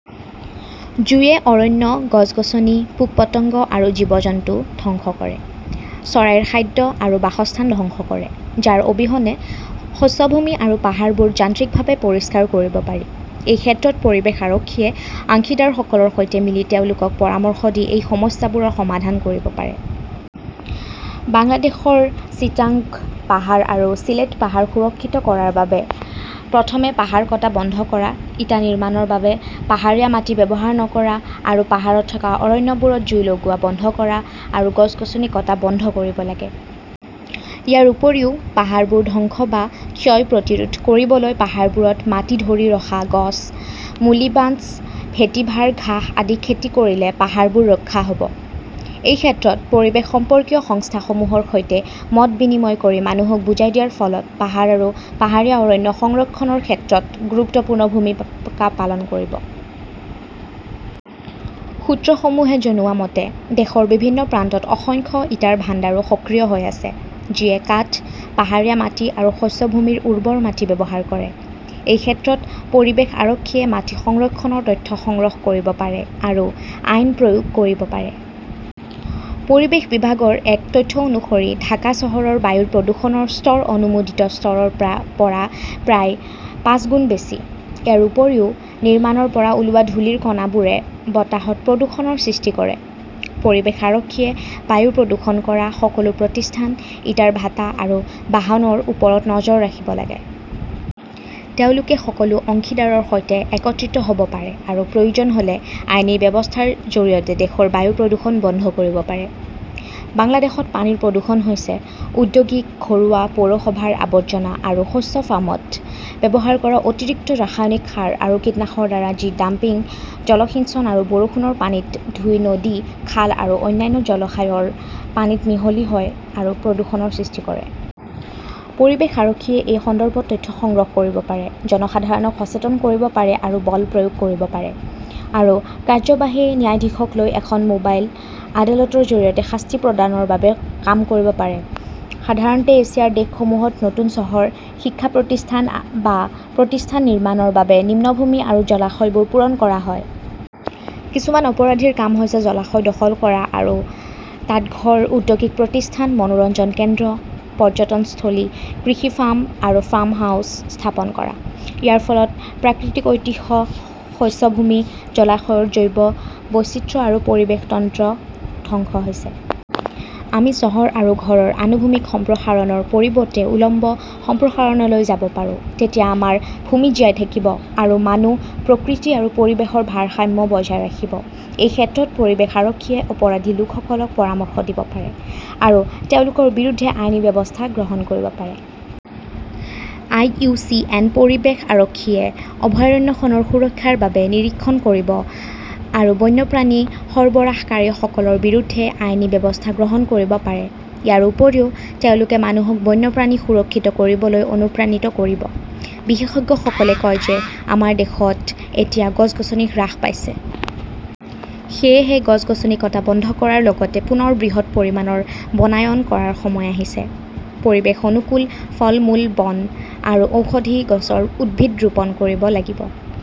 জুইয়ে অৰণ্য, গছ-গছনি, পোক-পতংগ আৰু জীৱ-জন্তু ধ্বংস কৰে, চৰাইৰ খাদ্য আৰু বাসস্থান ধ্বংস কৰে, যাৰ অবিহনে শস্যভূমি আৰু পাহাৰবোৰ যান্ত্ৰিকভাৱে পৰিষ্কাৰ কৰিব পাৰি। এই ক্ষেত্ৰত পৰিৱেশ আৰক্ষীয়ে অংশীদাৰসকলৰ সৈতে মিলি তেওঁলোকক পৰামৰ্শ দি এই সমস্যাবোৰ সমাধান কৰিব পাৰে। বাংলাদেশৰ চিটাগং পাহাৰ আৰু চিলেট পাহাৰ সুৰক্ষিত কৰাৰ বাবে প্ৰথমে পাহাৰ কটা বন্ধ কৰা, ইটা নিৰ্মাণৰ বাবে পাহাৰীয়া মাটি ব্যৱহাৰ নকৰা, আৰু পাহাৰত থকা অৰণ্যবোৰত জুই লগোৱা বন্ধ কৰা আৰু গছ-গছনি কটা বন্ধ কৰিব লাগে। ইয়াৰ উপৰিও, পাহাৰবোৰ ধ্বংস বা ক্ষয় প্ৰতিৰোধ কৰিবলৈ পাহাৰবোৰত মাটি ধৰি ৰখা গছ, মুলিবাঞ্চ, ভেটিভাৰ ঘাঁহ আদি খেতি কৰিলে পাহাৰবোৰ ৰক্ষা হ'ব। এই ক্ষেত্ৰত পৰিৱেশ সম্পৰ্কীয় সংস্থাসমূহৰ সৈতে মত বিনিময় কৰি মানুহক বুজাই দিয়াৰ ফলত পাহাৰ আৰু পাহাৰীয়া অৰণ্য সংৰক্ষণৰ ক্ষেত্ৰত গুৰুত্বপূৰ্ণ ভূমিকা পালন কৰিব। সূত্ৰসমূহে জনোৱা মতে, দেশৰ বিভিন্ন প্ৰান্তত অসংখ্য ইটাৰ ভাণ্ডাৰো সক্ৰিয় হৈ আছে, যিয়ে কাঠ, পাহাৰীয়া মাটি আৰু শস্য ভূমিৰ উৰ্বৰ মাটি ব্যৱহাৰ কৰে। এই ক্ষেত্ৰত পৰিৱেশ আৰক্ষীয়ে মাটি সংৰক্ষণৰ তথ্য সংগ্ৰহ কৰিব পাৰে আৰু আইন প্ৰয়োগ কৰিব পাৰে। পৰিৱেশ বিভাগৰ এক তথ্য অনুসৰি ঢাকা চহৰৰ বায়ুৰ প্ৰদূষণৰ স্তৰ অনুমোদিত স্তৰৰ পৰা প্ৰায় পাঁচগুণ বেছি। ইয়াৰ উপৰিও, নিৰ্মাণৰ পৰা ওলোৱা ধূলিৰ কণাবোৰে বতাহত প্ৰদূষণৰ সৃষ্টি কৰে। পৰিৱেশ আৰক্ষীয়ে বায়ু প্ৰদূষণ কৰা সকলো প্ৰতিষ্ঠান, ইটাৰ ভাটা আৰু বাহনৰ ওপৰত নজৰ ৰাখিব লাগে। তেওঁলোকে সকলো অংশীদাৰৰ সৈতে একত্ৰিত হ 'ব পাৰে আৰু প্ৰয়োজন হ' লে আইনী ব্যৱস্থাৰ জৰিয়তে দেশৰ বায়ু প্ৰদূষণ বন্ধ কৰিব পাৰে। বাংলাদেশত পানীৰ প্ৰদূষণ হৈছে ঔদ্যোগিক, ঘৰুৱা, পৌৰসভাৰ আৱৰ্জনা আৰু শস্য ফাৰ্মত ব্যৱহাৰ কৰা অতিৰিক্ত ৰাসায়নিক সাৰ আৰু কীটনাশকৰ দ্বাৰা যি ডাম্পিং, জলসিঞ্চন আৰু বৰষুণৰ পানীত ধুই নদী, খাল আৰু অন্যান্য জলাশয়ৰ পানীত মিহলি হয় আৰু প্ৰদূষণৰ সৃষ্টি কৰে। পৰিৱেশ আৰক্ষীয়ে এই সন্দৰ্ভত তথ্য সংগ্ৰহ কৰিব পাৰে, জনসাধাৰণক সচেতন কৰিব পাৰে আৰু বল প্ৰয়োগ কৰিব পাৰে আৰু কাৰ্যবাহী ন্যায়াধীশক লৈ এখন মোবাইল আদালতৰ জৰিয়তে শাস্তি প্ৰদানৰ বাবে কাম কৰিব পাৰে। সাধাৰণতে এছিয়াৰ দেশসমূহত নতুন চহৰ, শিক্ষা প্ৰতিষ্ঠান বা প্ৰতিষ্ঠান নিৰ্মাণৰ বাবে নিম্নভূমি আৰু জলাশয়বোৰ পূৰণ কৰা হয়। কিছুমান অপৰাধীৰ কাম হৈছে জলাশয় দখল কৰা আৰু তাত ঘৰ, ঔদ্যোগিক প্ৰতিষ্ঠান, মনোৰঞ্জন কেন্দ্ৰ, পৰ্যটনস্থলী, কৃষি ফাৰ্ম আৰু ফাৰ্ম হাউচ স্থাপন কৰা। ইয়াৰ ফলত প্ৰাকৃতিক ঐতিহ্য, শস্য ভূমি, জলাশয়ৰ জৈৱ বৈচিত্ৰ্য আৰু পৰিৱেশ তন্ত্ৰ ধ্বংস হৈছে। আমি চহৰ আৰু ঘৰৰ আনুভূমিক সম্প্ৰসাৰণৰ পৰিৱৰ্তে উলম্ব সম্প্ৰসাৰণলৈ যাব পাৰোঁ। তেতিয়া আমাৰ ভূমি জীয়াই থাকিব, আৰু মানুহ, প্ৰকৃতি আৰু পৰিৱেশৰ ভাৰসাম্য বজাই ৰাখিব। এই ক্ষেত্ৰত পৰিৱেশ আৰক্ষীয়ে অপৰাধী লোকসকলক পৰামৰ্শ দিব পাৰে আৰু তেওঁলোকৰ বিৰুদ্ধে আইনী ব্যৱস্থা গ্ৰহণ কৰিব পাৰে। আই. ইউ. চি. এন. পৰিৱেশ আৰক্ষীয়ে অভয়াৰণ্যখনৰ সুৰক্ষাৰ বাবে নিৰীক্ষণ কৰিব আৰু বন্যপ্ৰাণী সৰবৰাহকাৰী সকলৰ বিৰুদ্ধে আইনী ব্যৱস্থা গ্ৰহণ কৰিব পাৰে। ইয়াৰ উপৰিও তেওঁলোকে মানুহক বন্যপ্ৰাণী সুৰক্ষিত কৰিবলৈ অনুপ্ৰাণিত কৰিব। বিশেষজ্ঞসকলে কয় যে আমাৰ দেশত এতিয়া গছ-গছনি হ্ৰাস পাইছে। সেয়েহে গছ-গছনি কটা বন্ধ কৰাৰ লগতে পুনৰ বৃহৎ পৰিমাণৰ বনায়ন কৰাৰ সময় আহিছে। পৰিৱেশ অনুকূল, ফলমূল, বন আৰু ঔষধি গছৰ উদ্ভিদ ৰোপণ কৰিব লাগিব।